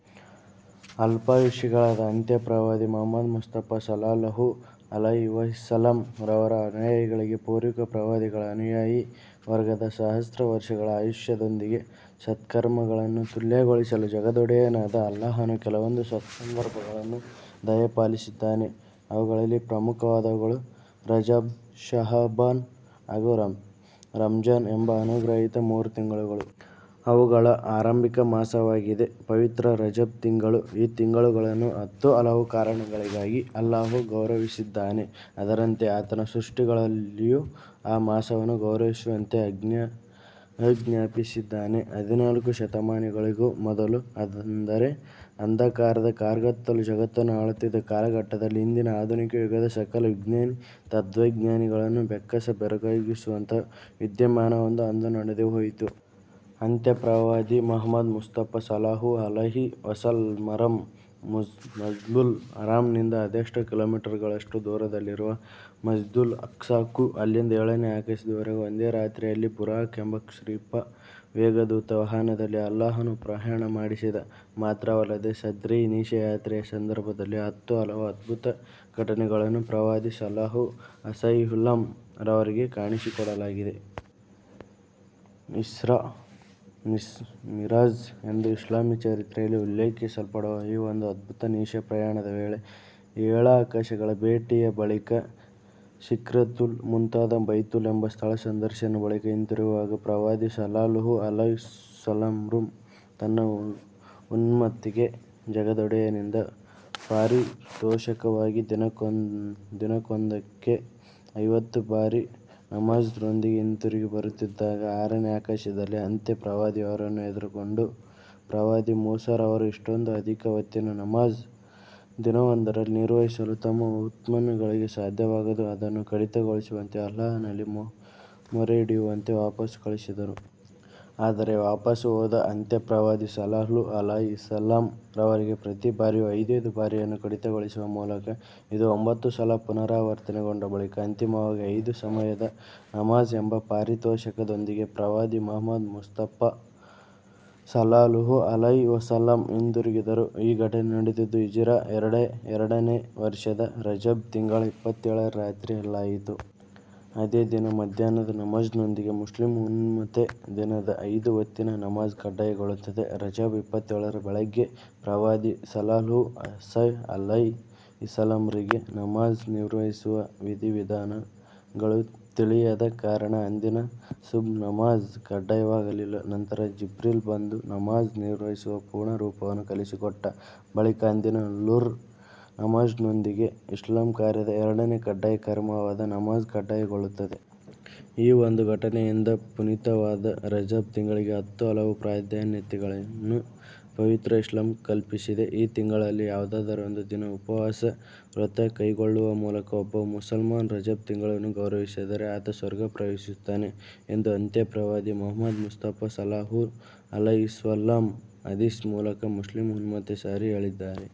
ಅಲ್ಪಾಯುಷಿಗಳಾದ ಅಂತ್ಯ ಪ್ರವಾದಿ ಮುಹಮ್ಮದ್ ಮುಸ್ತಫಾ ಸ್ವಲ್ಲಲ್ಲಾಹು ಅಲೈಹಿವಸಲ್ಲಮ್ ರವರ ಅನುಯಾಯಿಗಳಿಗೆ ಪೂರ್ವಿಕ ಪ್ರವಾದಿಗಳ ಅನುಯಾಯಿ ವರ್ಗದ ಸಹಸ್ರ ವರ್ಷಗಳ ಆಯುಷ್ಯದೊಂದಿಗೆ ಸತ್ಕರ್ಮಗಳನ್ನು ತುಲ್ಯಗೊಳಿಸಲು ಜಗದೊಡೆಯನಾದ ಅಲ್ಲಾಹನು ಕೆಲವೊಂದು ಸತ್ಸಂದರ್ಭಗಳನ್ನು ದಯಪಾಲಿಸಿದ್ದಾನೆ. ಅವುಗಳಲ್ಲಿ ಪ್ರಮುಖವಾದವುಗಳು ರಜಬ್, ಶಅಬಾನ್ ಹಾಗೂ ರಂಝಾನ್ ಎಂಬ ಅನುಗ್ರಹೀತ ಮೂರು ತಿಂಗಳುಗಳು. ಅವುಗಳ ಆರಂಭಿಕ ಮಾಸವಾಗಿದೆ ಪವಿತ್ರ ರಜಬ್ ತಿಂಗಳು. ಈ ತಿಂಗಳನ್ನು ಹತ್ತು ಹಲವು ಕಾರಣಗಳಿಗಾಗಿ ಅಲ್ಲಾಹು ಗೌರವಿಸಿದ್ದಾನೆ. ಅದರಂತೆ ಆತನ ಸೃಷ್ಟಿಗಳಲ್ಲಿಯೂ ಆ ಮಾಸವನ್ನು ಗೌರವಿಸುವಂತೆ ಆಜ್ಞಾಪಿಸಿದ್ದಾನೆ. ಹದಿನಾಲ್ಕು ಶತಮಾನಗಳಿಗೂ ಮೊದಲು ಅಂದರೆ ಅಂಧಕಾರದ ಕಾರ್ಗತ್ತಲು ಜಗತ್ತನ್ನು ಆಳುತ್ತಿದ್ದ ಕಾಲಘಟ್ಟದಲ್ಲಿ ಇಂದಿನ ಆಧುನಿಕ ಯುಗದ ಸಕಲ ವಿಜ್ಞಾನಿ, ತತ್ವಜ್ಞಾನಿಗಳನ್ನೂ ಬೆಕ್ಕಸ ಬೆರಗಾಗಿಸುವಂತಹ ವಿದ್ಯಾಮಾನವೊಂದು ಅಂದು ನಡೆದುಹೋಯಿತು. ಅಂತ್ಯ ಪ್ರವಾದಿ ಮುಹಮ್ಮದ್ ಮುಸ್ತಫಾ ಸ್ವಲ್ಲಲ್ಲಾಹು ಅಲೈಹಿ ವಸಲ್ಲಮರನ್ನು ಮಸ್ಜಿದುಲ್ ಹರಾಂನಿಂದ ಅದೆಷ್ಟೋ ಕಿಲೋಮೀಟರ್ ಗಳಷ್ಟು ದೂರದಲ್ಲಿರುವ ಮಸ್ಜಿದುಲ್ ಅಖ್ಸಾಕ್ಕೂ, ಅಲ್ಲಿಂದ ಏಳನೇ ಆಕಾಶದವರೆಗೂ ಒಂದೇ ರಾತ್ರಿಯಲ್ಲಿ ಬುರಾಖ್ ಎಂಬ ಕ್ಷಿಪ್ರ ವೇಗದೂತ ವಾಹನದಲ್ಲಿ ಅಲ್ಲಾಹನು ಪ್ರಯಾಣವನ್ನು ಮಾಡಿಸಿದ, ಮಾತ್ರವಲ್ಲದೆ ಸದ್ರಿ ನಿಶಾ ಯಾತ್ರೆಯ ಸಂದರ್ಭದಲ್ಲಿ ಹತ್ತು ಹಲವು ಅದ್ಭುತ ಘಟನೆಗಳನ್ನು ಪ್ರವಾದಿ ಸ್ವಲ್ಲಲ್ಲಾಹು ಅಲೈಹಿವಸಲ್ಲಮ್ ರವರಿಗೆ ಕಾಣಿಸಿಕೊಡಲಾಯಿತು. ಇಸ್ರಾಅ್- ಮಿಅ್ ರಾಜ್ ಎಂದು ಇಸ್ಲಾಮೀ ಚರಿತ್ರೆಯಲ್ಲಿ ಉಲ್ಲೇಖಿಸಲ್ಪಡುವ ಈ ಒಂದು ಅದ್ಭುತ ನಿಶಾ ಪ್ರಯಾಣದ ವೇಳೆ ಏಳಾಕಾಶಗಳ ಭೇಟಿಯ ಬಳಿಕ ಸಿದ್ರತುಲ್ ಮುಂತಹಾ, ಬೈತುಲ್ ಎಂಬ ಸ್ಥಳ ಸಂದರ್ಶನದ ಬಳಿಕ ಹಿಂತಿರುಗುವಾಗ ಪ್ರವಾದಿ ಸ್ವಲ್ಲಲ್ಲಾಹು ಅಲೈಹಿವಸಲ್ಲಮ್ರು ತನ್ನ ಉಮ್ಮತ್ಗೆ ಜಗದೊಡೆಯನಿಂದ ಪಾರಿತೋಷಕವಾಗಿ ದಿನವೊಂದಕ್ಕೆ ಐವತ್ತು ಬಾರಿಯ ನಮಾಝ್ನೊಂದಿಗೆ ಹಿಂತಿರುಗಿ ಬರುತ್ತಿದ್ದಾಗ ಆರನೇ ಆಕಾಶದಲ್ಲಿ ಅಂತ್ಯ ಪ್ರವಾದಿಯವರನ್ನು ಎದುರುಗೊಂಡ ಪ್ರವಾದಿ ಮೂಸಾ ರವರು ಇಷ್ಟೊಂದು ಅಧಿಕ ಹೊತ್ತಿನ ನಮಾಝ್ ದಿನವೊಂದರಲ್ಲಿ ನಿರ್ವಹಿಸಲು ತಮ್ಮ ಉಮ್ಮತ್ಗಳಿಗೆ ಸಾಧ್ಯವಾಗದು ಅದನ್ನು ಕಡಿತಗೊಳಿಸುವಂತೆ ಅಲ್ಲಾಹನಲ್ಲಿ ಮೊರೆಯಿಡುವಂತೆ ವಾಪಾಸು ಕಳುಹಿಸಿದರು. ಆದರೆ ವಾಪಾಸು ಹೋದ ಅಂತ್ಯ ಪ್ರವಾದಿ ಸ್ವಲ್ಲಲ್ಲಾಹು ಅಲೈಹಿವಸಲ್ಲಮ್ ರವರಿಗೆ ಪ್ರತೀ ಬಾರಿಯೂ ಐದೈದು ಬಾರಿಯನ್ನು ಕಡಿತಗೊಳಿಸುವ ಮೂಲಕ ಇದು ಒಂಭತ್ತು ಸಲ ಪುನರಾವರ್ತನೆಗೊಂಡ ಬಳಿಕ ಅಂತಿಮವಾಗಿ ಐದು ಸಮಯದ ನಮಾಝ್ ಎಂಬ ಪಾರಿತೋಷಕದೊಂದಿಗೆ ಪ್ರವಾದಿ ಮುಹಮ್ಮದ್ ಮುಸ್ತಫಾ ಸ್ವಲ್ಲಲ್ಲಾಹು ಅಲೈಹಿ ವಸಲ್ಲಮ್ ಹಿಂದುರುಗಿದರು. ಈ ಘಟನೆ ನಡೆದದ್ದು ಹಿಜಿರಾ ಎರಡನೇ ವರ್ಷದ ರಜಬ್ ತಿಂಗಳ ಇಪ್ಪತ್ತೇಳರ ರಾತ್ರಿಯಲ್ಲಾಗಿತ್ತು. ಅದೇ ದಿನ ಮಧ್ಯಾಹ್ನದ ನಮಾಝ್ನೊಂದಿಗೆ ಮುಸ್ಲಿಂ ಉಮ್ಮತ್ಗೆ ದಿನದ ಐದು ಹೊತ್ತಿನ ನಮಾಝ್ ಕಡ್ಡಾಯಗೊಳ್ಳುತ್ತದೆ. ರಜಬ್ ಇಪ್ಪತ್ತೇಳರ ಬೆಳಿಗ್ಗೆ ಪ್ರವಾದಿ ಸ್ವಲ್ಲಲ್ಲಾಹು ಅಲೈಹಿವಸಲ್ಲಮ್ರಿಗೆ ನಮಾಝ್ ನಿರ್ವಹಿಸುವ ವಿಧಿ ವಿಧಾನಗಳು ತಿಳಿಯದ ಕಾರಣ ಅಂದಿನ ಸುಬ್ಹ್ ನಮಾಝ್ ಕಡ್ಡಾಯವಾಗಲಿಲ್ಲ. ನಂತರ ಜಿಬ್ರೀಲ್ ಬಂದು ನಮಾಝ್ ನಿರ್ವಹಿಸುವ ಪೂರ್ಣ ರೂಪವನ್ನು ಕಲಿಸಿಕೊಟ್ಟ ಬಳಿಕ ಅಂದಿನ ಲುಹ್ರ್ ನಮಾಝ್ನೊಂದಿಗೆ ಇಸ್ಲಾಮ್ ಕಾರ್ಯದ ಎರನೇ ಕಡ್ಡಾಯ ಕರ್ಮವಾದ ನಮಾಝ್ ಕಡ್ಡಾಯಗೊಳ್ಳುತ್ತದೆ. ಈ ಒಂದು ಘಟನೆಯಿಂದ ಪುನೀತವಾದ ರಜಬ್ ತಿಂಗಳಿಗೆ ಹತ್ತು ಹಲವು ಪ್ರಾಧಾನ್ಯತೆಗಳನ್ನು ಪವಿತ್ರ ಇಸ್ಲಾಂ ಕಲ್ಪಿಸಿದೆ. ಈ ತಿಂಗಳಲ್ಲಿ ಯಾವುದಾದರೊಂದು ದಿನ ಉಪವಾಸ ವ್ರತ ಕೈಗೊಳ್ಳುವ ಮೂಲಕ ಒಬ್ಬ ಮುಸಲ್ಮಾನ ರಜಬ್ ತಿಂಗಳನ್ನು ಗೌರವಿಸಿದರೆ ಆತ ಸ್ವರ್ಗ ಪ್ರವೇಶಿಸುತ್ತಾನೆ ಎಂದು ಅಂತ್ಯ ಪ್ರವಾದಿ ಮುಹಮ್ಮದ್ ಮುಸ್ತಫಾ ಸ್ವಲ್ಲಲ್ಲಾಹು ಅಲೈಹಿ ವಸಲ್ಲಂ ಹದೀಸ್ ಮೂಲಕ ಮುಸ್ಲಿಂ ಉಮ್ಮತ್ಗೆ ಸಾರಿ ಹೇಳಿದ್ದಾರೆ.